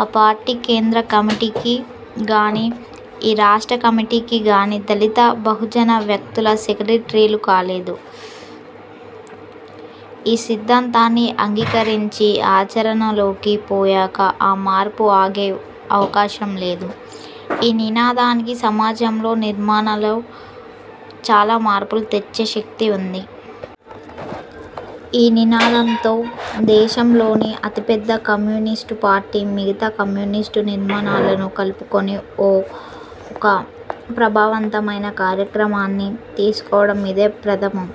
ఆ పార్టీ కేంద్ర కమిటీకి గానీ, ఈ రాష్ట్ర కమిటీకి గానీ దళిత బహుజన వ్యక్తులు సెక్రటరీలు కాలేదు. ఈ సిద్ధాంతాన్ని అంగీకరించి ఆచరణలోకి పోయాక ఆ మార్పు ఆగే అవకాశం లేదు. ఈ నినాదానికి సమాజంలో, నిర్మాణాలో చాలా మార్పులు తెచ్చే శక్తి ఉంది. ఈ నినాదంతో దేశంలోని అతిపెద్ద కమ్యూనిస్టు పార్టీ, మిగతా కమ్యూనిస్టు నిర్మాణాలను కలుపుకొని ఒక ప్రభావవంతమైన కార్యక్రమాన్ని తీసుకోవడం ఇదే ప్రథమం.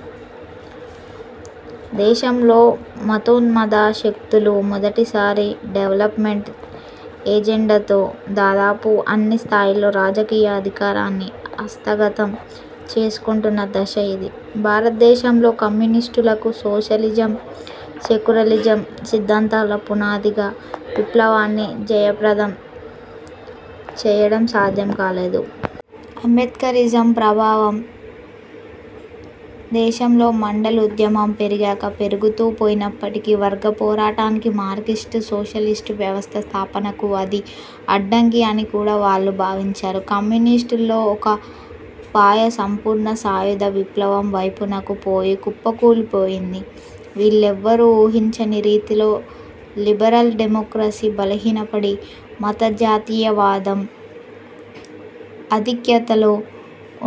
దేశంలో మతోన్మద శక్తులు మొదటిసారి డెవలప్మెంట్ ఎజెండాతో దాదాపు అన్ని స్థాయిల్లో రాజకీయ అధికారాన్ని హస్తగతం చేసుకుంటున్న దశ ఇది. భారతదేశంలో కమ్యూనిస్టులకు సోషలిజం, సెక్యులరిజం సిద్ధాంతాల పునాదిగా విప్లవాన్ని జయప్రదం చెయ్యడం సాధ్యం కాలేదు. అంబేడ్కరిజం ప్రభావం దేశంలో మండల్ ఉద్యమం పెరిగాక పెరుగుతూ పోయినప్పటికీ, వర్గ పోరాటానికి మార్క్సిస్టు సోషలిస్టు వ్యవస్థ స్థాపనకు అది అడ్డంకి అని కూడా వాళ్ళు భావించారు. కమ్యూనిస్టుల్లో ఒక పాయ 'సంపూర్ణ సాయుధ' విప్లవం వైపునకు పోయి కుప్పకూలిపోయింది. వీళ్లెవ్వరూ ఊహించని రీతిలో 'లిబరల్ డెమోక్రసీ' బలహీనపడి 'మత జాతీయవాదం' ఆధిక్యతలో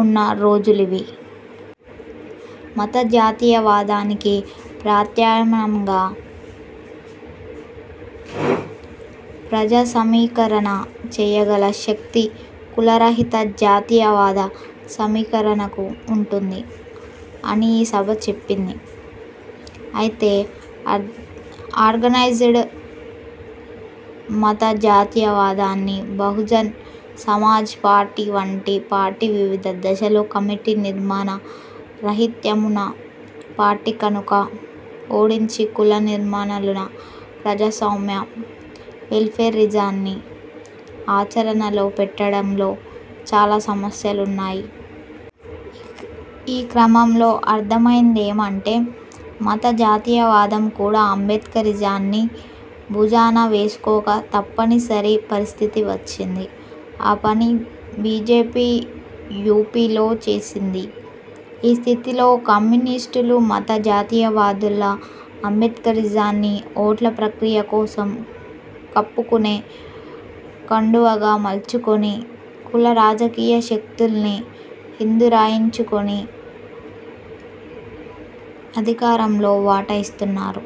ఉన్న రోజులివి. మత జాతీయవాదానికి ప్రత్యాయమ్నంగా ప్రజాసమీకరణ చెయ్యగల శక్తి 'కుల రహిత జాతీయవాద' సమీకరణకు ఉంటుంది అని ఈ సభ చెప్పింది. అయితే అర్ఆర్గనైజ్డ్ మత జాతీయవాదాన్ని, బహుజన్ సమాజ్ పార్టీ వంటి పార్టీ వివిధ దశల్లో కమిటీ నిర్మాణ రాహిత్యమున పార్టీ కనుక ఓడించి 'కుల నిర్మూలన ప్రజాస్వామ్య వెల్ఫేరిజాన్ని' ఆచరణలో పెట్టడంలో చాలా సమస్యలున్నాయి. ఈ క్రమంలో అర్థమయిందేమంటే మత జాతీయవాదం కూడా అంబేడ్కరిజాన్ని భుజాన వేసుకోక తప్పనిసరి పరిస్థితి వచ్చింది. ఆ పని బీజేపీ యూపీలో చేసింది. ఈ స్థితిలో కమ్యూనిస్టులు మత జాతీయవాదుల్లా అంబేడ్కరిజాన్ని ఓట్ల ప్రక్రియ కోసం కప్పుకునే కండువగా మల్చుకొని కులరాజకీయ శక్తుల్ని హిందూయీకరించుకొని అధికారంలో వాటా ఇస్తున్నారు.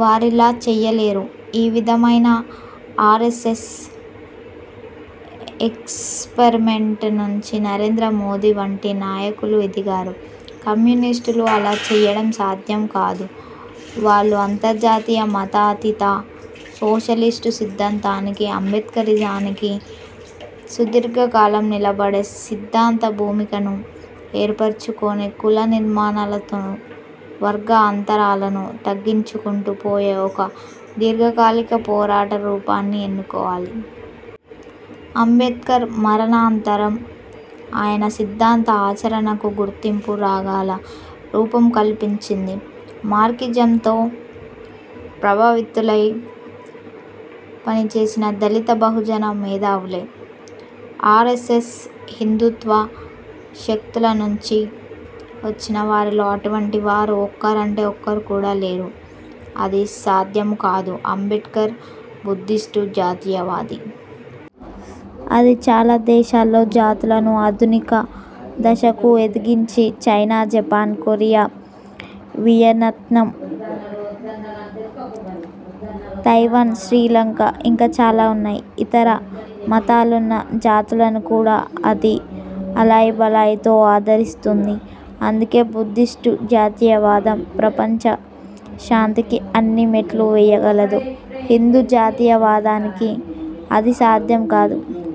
వారిలా చెయ్యలేరు. ఈ విధమైన ఆర్ఎస్ఎస్ ఎక్స్పరిమెంట్ నుంచి నరేంద్ర మోదీ వంటి నాయకులు ఎదిగారు. కమ్యూనిస్టులు అలా చెయ్యడం సాధ్యం కాదు. వాళ్ళు అంతర్జాతీయ మతాతీత సోషలిస్టు సిద్ధాంతానికి అంబేడ్కరిజానికి సుదీర్ఘ కాలం నిలబడే సిద్ధాంత భూమికను ఏర్పరచుకొని కుల నిర్మూలనతో వర్గ అంతరాలను తగ్గించుకుంటూ పోయే ఒక దీర్ఘకాలిక పోరాట రూపాన్ని ఎన్నుకోవాలి. అంబేడ్కర్ మరణానంతరం ఆయన సిద్ధాంత ఆచరణకు గుర్తింపు రాగల రూపం కల్పించింది మార్క్సిజంతో ప్రభావితులై, పనిచేసిన దళిత బహుజన మేధావులే. ఆర్ఎస్ఎస్ హిందూత్వ శక్తుల నుంచి వచ్చిన వారిలో అటువంటి వారు ఒక్కరంటే ఒక్కరు కూడా లేరు. అది సాధ్యమూ కాదు. అంబేడ్కర్ బుద్ధిస్టు జాతీయవాది. అది చాలా దేశాల్లో జాతులను ఆధునిక దశకు ఎదిగించింది. China, Japan, Korea, Vietnam, Taiwan, Sri Lanka ఇంకా చాలా ఉన్నాయి. ఇతర మతాలున్న జాతులను కూడా అది అలాయి బలాయితో ఆదరిస్తుంది. అందుకే బుద్ధిస్టు జాతీయవాదం ప్రపంచ శాంతికి అన్ని మెట్లు వెయ్యగలదు. హిందూ జాతీయ వాదానికి అది సాధ్యం కాదు.